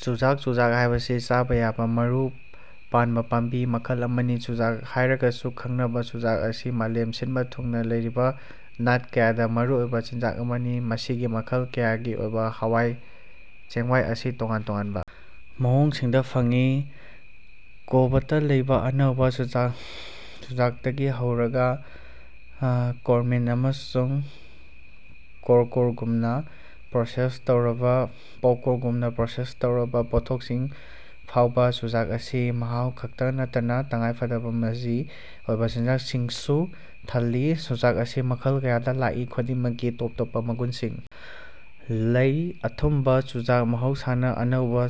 ꯆꯨꯖꯥꯛ ꯆꯨꯖꯥꯛ ꯍꯥꯏꯕꯁꯤ ꯆꯥꯕ ꯌꯥꯕ ꯃꯔꯨ ꯄꯥꯟꯕ ꯄꯥꯝꯕꯤ ꯃꯈꯜ ꯑꯃꯅꯤ꯫ ꯆꯨꯖꯥꯛ ꯍꯥꯏꯔꯒꯁꯨ ꯈꯪꯅꯕ ꯆꯨꯖꯥꯛ ꯑꯁꯤ ꯃꯥꯂꯦꯝ ꯁꯤꯟꯕ ꯊꯨꯡꯅ ꯂꯩꯔꯤꯕ ꯅꯥꯠ ꯀꯌꯥꯗ ꯃꯔꯨꯑꯣꯏꯕ ꯆꯤꯟꯖꯥꯛ ꯑꯃꯅꯤ꯫ ꯃꯁꯤꯒꯤ ꯃꯈꯜ ꯀꯌꯥꯒꯤ ꯑꯣꯏꯕ ꯍꯋꯥꯏ ꯆꯦꯡꯋꯥꯏ ꯑꯁꯤ ꯇꯣꯉꯥꯟ ꯇꯣꯉꯥꯟꯕ ꯃꯑꯣꯡꯁꯤꯡꯗ ꯐꯪꯏ ꯀꯣꯕꯇ ꯂꯩꯕ ꯑꯅꯧꯕ ꯆꯨꯖꯥꯛꯗꯒꯤ ꯍꯧꯔꯒ ꯀꯣꯔ꯭ꯟꯃꯤꯜ ꯑꯃꯁꯨꯡ ꯄꯣꯞꯀꯣꯔ꯭ꯟꯒꯨꯝꯕ ꯄ꯭ꯔꯣꯁꯦꯁ ꯇꯧꯔꯕ ꯄꯣꯠꯊꯣꯛꯁꯤꯡ ꯐꯥꯎꯕ꯫ ꯆꯨꯖꯥꯛ ꯑꯁꯤ ꯃꯍꯥꯎ ꯈꯛꯇ ꯅꯠꯇꯅ ꯇꯉꯥꯏꯐꯗꯕ ꯃꯆꯤ ꯑꯣꯏꯕ ꯆꯤꯟꯖꯥꯛꯁꯤꯡꯁꯨ ꯊꯜꯂꯤ꯫ ꯆꯨꯖꯥꯛ ꯑꯁꯤ ꯃꯈꯜ ꯀꯌꯥꯗ ꯂꯥꯛꯏ ꯈꯨꯗꯤꯡꯃꯛꯀꯤ ꯇꯣꯞ ꯇꯣꯞꯄ ꯃꯒꯨꯟꯁꯤꯡ ꯂꯩ ꯑꯊꯨꯝꯕ ꯆꯨꯖꯥꯛ ꯃꯍꯧꯁꯥꯅ ꯑꯅꯧꯕ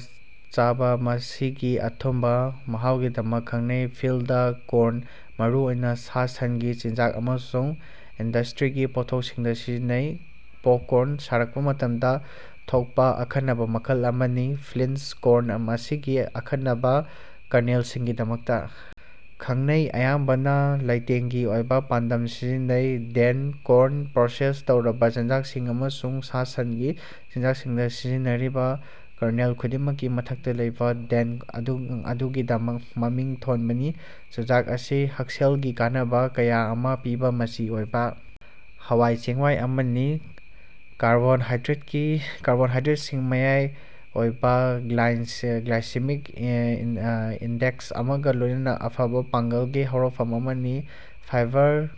ꯆꯥꯕ ꯃꯁꯤꯒꯤ ꯑꯊꯨꯝꯕ ꯃꯍꯥꯎꯒꯤꯗꯃꯛ ꯈꯪꯅꯩ꯫ ꯐꯤꯜꯗ ꯀꯣꯔ꯭ꯟ ꯃꯔꯨ ꯑꯣꯏꯅ ꯁꯥ ꯁꯟꯒꯤ ꯆꯤꯟꯖꯥꯛ ꯑꯃꯁꯨꯡ ꯏꯟꯗꯁ꯭ꯇ꯭ꯔꯤꯒꯤ ꯄꯣꯠꯊꯣꯛꯁꯤꯡꯗ ꯁꯤꯖꯤꯟꯅꯩ꯫ ꯄꯣꯞꯀꯣꯔ꯭ꯟ ꯁꯥꯔꯛꯄ ꯃꯇꯝꯗ ꯊꯣꯛꯄ ꯑꯈꯟꯅꯕ ꯃꯈꯜ ꯑꯃꯅꯤ꯫ ꯐ꯭ꯂꯤꯟꯠ ꯀꯣꯔ꯭ꯟ ꯃꯁꯤꯒꯤ ꯑꯀꯟꯕ ꯀꯔꯅꯦꯜꯁꯤꯡꯒꯤꯗꯃꯛꯇ ꯈꯪꯅꯩ ꯑꯌꯥꯝꯕꯅ ꯂꯩꯇꯦꯡꯒꯤ ꯑꯣꯏꯕ ꯄꯥꯟꯗꯝꯗ ꯁꯤꯖꯤꯟꯅꯩ꯫ ꯗꯦꯟꯠ ꯀꯣꯔ꯭ꯟ ꯄ꯭ꯔꯣꯁꯦꯁ ꯇꯧꯔꯕ ꯆꯤꯟꯖꯥꯛꯁꯤꯡ ꯑꯃꯁꯨꯡ ꯁꯥ ꯁꯟꯒꯤ ꯆꯤꯟꯖꯥꯛꯁꯤꯡꯗ ꯁꯤꯖꯤꯟꯅꯔꯤꯕ ꯀꯔꯅꯦꯜ ꯈꯨꯗꯤꯡꯃꯛꯀꯤ ꯃꯊꯛꯇ ꯂꯩꯕ ꯗꯦꯟ꯭ꯇ ꯑꯗꯨꯒꯤꯗꯃꯛ ꯃꯃꯤꯡ ꯊꯣꯟꯕꯅꯤ꯫ ꯆꯨꯖꯥꯛ ꯑꯁꯤ ꯍꯛꯁꯦꯜꯒꯤ ꯀꯥꯟꯅꯕ ꯀꯌꯥ ꯑꯃ ꯄꯤꯕ ꯃꯆꯤ ꯑꯣꯏꯕ ꯍꯋꯥꯏ ꯆꯦꯡꯋꯥꯏ ꯑꯃꯅꯤ꯫ ꯀꯥꯔꯕꯣꯍꯥꯏꯗ꯭ꯔꯦꯠꯁꯤꯡ ꯃꯌꯥꯏ ꯑꯣꯏꯕ ꯒ꯭ꯂꯥꯏꯁꯦꯃꯤꯛ ꯏꯟꯗꯦꯛꯁ ꯑꯃꯒ ꯂꯣꯏꯅꯅ ꯑꯐꯕ ꯄꯥꯡꯒꯜꯒꯤ ꯍꯧꯔꯛꯐꯝ ꯑꯃꯅꯤ꯫ ꯐꯥꯏꯕꯔ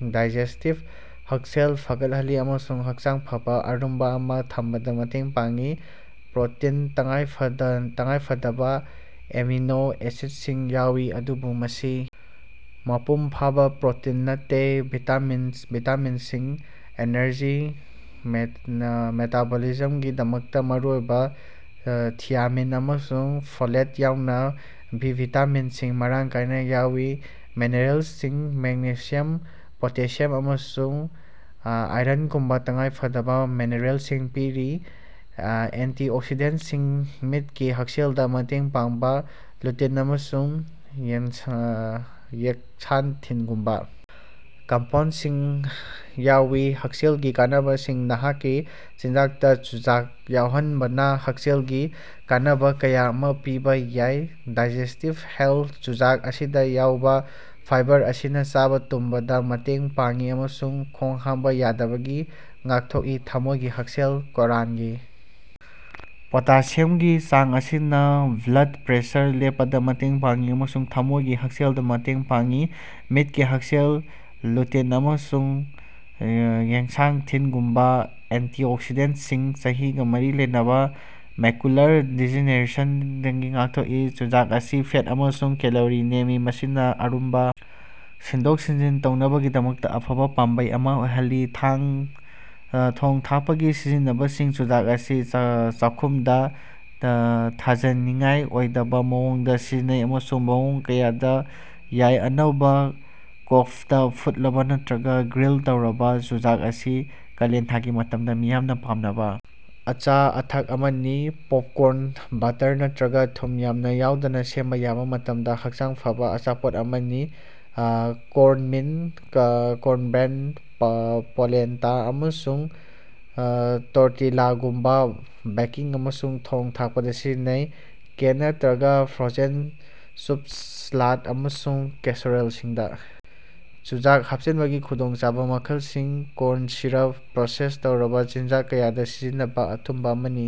ꯗꯥꯏꯖꯦꯁ꯭ꯇꯤꯕ ꯍꯛꯁꯦꯜ ꯐꯒꯠꯍꯜꯂꯤ ꯑꯃꯁꯨꯡ ꯍꯛꯆꯥꯡ ꯐꯕ ꯑꯔꯨꯝꯕ ꯑꯃ ꯊꯝꯕꯗ ꯃꯇꯦꯡ ꯄꯥꯡꯏ꯫ ꯄ꯭ꯔꯣꯇꯤꯟ ꯇꯉꯥꯏꯐꯗꯕ ꯑꯦꯃꯤꯅꯣ ꯑꯦꯁꯤꯗꯁꯤꯡ ꯌꯥꯎꯏ ꯑꯗꯨꯕꯨ ꯃꯁꯤ ꯃꯄꯨꯡ ꯐꯥꯕ ꯄ꯭ꯔꯣꯇꯤꯟ ꯅꯠꯇꯦ꯫ ꯚꯤꯇꯥꯃꯤꯟꯁꯤꯡ ꯑꯦꯅꯔꯖꯤ ꯃꯦꯇꯥꯕꯣꯂꯤꯖꯝꯒꯤꯗꯃꯛꯇ ꯃꯔꯨꯑꯣꯏꯕ ꯊꯤꯌꯥꯃꯤꯟ ꯑꯃꯁꯨꯡ ꯐꯣꯂꯦꯠ ꯌꯥꯎꯅ ꯕꯤ ꯚꯤꯇꯥꯃꯤꯟꯁꯤꯡ ꯃꯔꯥꯡ ꯀꯥꯏꯅ ꯌꯥꯎꯏ꯫ ꯃꯤꯅꯔꯦꯜꯁꯤꯡ ꯃꯦꯒꯅꯦꯁꯤꯌꯝ ꯄꯣꯇꯦꯁꯤꯌꯝ ꯑꯃꯁꯨꯡ ꯑꯥꯏꯔꯟꯒꯨꯝꯕ ꯇꯉꯥꯏꯐꯗꯕ ꯃꯤꯅꯔꯦꯜꯁꯤꯡ ꯄꯤꯔꯤ꯫ ꯑꯦꯟꯇꯤꯑꯣꯛꯁꯤꯗꯦꯟꯠꯁꯤꯡ ꯃꯤꯠꯀꯤ ꯍꯛꯁꯦꯜꯗ ꯃꯇꯦꯡ ꯄꯥꯡꯕ ꯂꯨꯇꯤꯟ ꯑꯃꯁꯨꯡ ꯖꯦꯛꯁꯥꯟꯊꯤꯟꯒꯨꯝꯕ ꯀꯝꯄꯥꯎꯟꯗꯁꯤꯡ ꯌꯥꯎꯋꯤ꯫ ꯍꯛꯁꯦꯜꯒꯤ ꯀꯥꯟꯅꯕꯁꯤꯡ ꯅꯍꯥꯛꯀꯤ ꯆꯤꯟꯖꯥꯛꯇ ꯆꯨꯖꯥꯛ ꯌꯥꯎꯍꯟꯕꯅ ꯍꯛꯁꯦꯜꯒꯤ ꯀꯥꯟꯅꯕ ꯀꯌꯥ ꯑꯃ ꯄꯤꯕ ꯌꯥꯏ ꯗꯥꯏꯖꯦꯁ꯭ꯇꯤꯕ ꯍꯦꯜꯊ ꯆꯨꯖꯥꯛ ꯑꯁꯤꯗ ꯌꯥꯎꯕ ꯐꯥꯏꯕꯔ ꯑꯁꯤꯅ ꯆꯥꯕ ꯇꯨꯝꯕꯗ ꯃꯇꯦꯡ ꯄꯥꯡꯉꯤ ꯑꯃꯁꯨꯡ ꯈꯣꯡ ꯍꯥꯝꯕ ꯌꯥꯗꯕꯗꯒꯤ ꯉꯥꯛꯊꯣꯛꯏ꯫ ꯊꯃꯣꯏꯒꯤ ꯍꯛꯁꯦꯜ ꯀꯣꯔ꯭ꯟꯒꯤ ꯄꯣꯇꯥꯁꯤꯌꯝꯒꯤ ꯆꯥꯡ ꯑꯁꯤꯅ ꯕ꯭ꯂꯗ ꯄ꯭ꯔꯦꯁꯔ ꯂꯦꯞꯄꯗ ꯃꯇꯦꯡ ꯄꯥꯡꯏ ꯑꯃꯁꯨꯡ ꯊꯃꯣꯏꯒꯤ ꯍꯛꯁꯦꯜꯗ ꯃꯇꯦꯡ ꯄꯥꯡꯏ꯫ ꯃꯤꯠꯀꯤ ꯍꯛꯁꯦꯜ ꯂꯨꯇꯤꯟ ꯑꯃꯁꯨꯡ ꯖꯦꯛꯁꯥꯟꯊꯤꯟꯒꯨꯝꯕ ꯑꯦꯟꯇꯤꯑꯣꯛꯁꯤꯗꯦꯟꯠꯁꯤꯡꯅ ꯆꯍꯤꯒ ꯃꯔꯤ ꯂꯩꯅꯕ ꯃꯦꯀꯨꯂꯔ ꯗꯤꯖꯦꯅꯦꯔꯦꯁꯟꯗꯒꯤ ꯉꯥꯛꯊꯣꯛꯏ꯫ ꯆꯨꯖꯥꯛ ꯑꯁꯤ ꯐꯦꯠ ꯑꯃꯁꯨꯡ ꯀꯦꯂꯣꯔꯤ ꯅꯦꯝꯃꯤ ꯃꯁꯤꯅ ꯑꯔꯨꯝꯕ ꯁꯤꯟꯗꯣꯛ ꯁꯤꯟꯖꯤꯟ ꯇꯧꯅꯕꯒꯤꯗꯃꯛ ꯑꯐꯕ ꯄꯥꯝꯕꯩ ꯑꯃ ꯑꯣꯏꯍꯜꯂꯤ꯫ ꯊꯣꯡ ꯊꯥꯛꯄꯒꯤ ꯁꯤꯖꯤꯟꯅꯕꯁꯤꯡ ꯆꯨꯖꯥꯛ ꯑꯁꯤ ꯆꯥꯛꯈꯨꯝꯗ ꯊꯥꯖꯅꯤꯡꯉꯥꯏ ꯑꯣꯏꯗꯕ ꯃꯑꯣꯡꯗ ꯁꯤꯖꯤꯟꯅꯩ ꯑꯃꯁꯨꯡ ꯃꯑꯣꯡ ꯀꯌꯥꯗ ꯌꯥꯏ ꯑꯅꯧꯕ ꯀꯣꯕꯇ ꯐꯨꯠꯂꯕ ꯅꯠꯇ꯭ꯔꯒ ꯒ꯭ꯔꯤꯜ ꯇꯧꯔꯕ ꯆꯨꯖꯥꯛ ꯑꯁꯤ ꯀꯥꯂꯦꯟꯊꯥꯒꯤ ꯃꯇꯝꯗ ꯃꯤꯌꯥꯝꯅ ꯄꯥꯝꯅꯕ ꯑꯆꯥ ꯑꯊꯛ ꯑꯃꯅꯤ꯫ ꯄꯣꯞꯀꯣꯔ꯭ꯟ ꯕꯠꯇꯔ ꯅꯠꯇ꯭ꯔꯒ ꯊꯨꯝ ꯌꯥꯝꯅ ꯌꯥꯎꯗꯅ ꯁꯦꯝ ꯁꯥꯕ ꯃꯇꯝꯗ ꯍꯛꯆꯥꯡ ꯐꯕ ꯑꯆꯥꯄꯣꯠ ꯑꯃꯅꯤ꯫ ꯀꯣꯔ꯭ꯟꯃꯤꯜ ꯀꯣꯔ꯭ꯟꯕ꯭ꯔꯦꯗ ꯄꯣꯂꯦꯟꯇꯥ ꯑꯃꯁꯨꯡ ꯇꯣꯔꯇꯤꯂꯥꯒꯨꯝꯕ ꯕꯦꯀꯤꯡ ꯑꯃꯁꯨꯡ ꯊꯣꯡ ꯊꯥꯛꯄꯗ ꯁꯤꯖꯤꯟꯅꯩ꯫ ꯀꯦꯟ ꯅꯠꯇ꯭ꯔꯒ ꯐ꯭ꯔꯣꯖꯦꯟ ꯁꯨꯞ ꯁꯥꯂꯥꯗ ꯑꯃꯁꯨꯡ ꯀꯦꯁꯔꯣꯜꯁꯤꯡꯗ ꯆꯨꯖꯥꯛ ꯍꯥꯞꯆꯤꯟꯕꯒꯤ ꯈꯨꯗꯣꯡꯆꯥꯕ ꯃꯈꯜꯁꯤꯡ꯫ ꯀꯣꯔ꯭ꯟ ꯁꯤꯔꯞ ꯄ꯭ꯔꯣꯁꯦꯁ ꯇꯧꯔꯕ ꯆꯤꯟꯖꯥꯛ ꯀꯌꯥꯗ ꯁꯤꯖꯤꯟꯅꯕ ꯑꯊꯨꯝꯕ ꯑꯃꯅꯤ꯫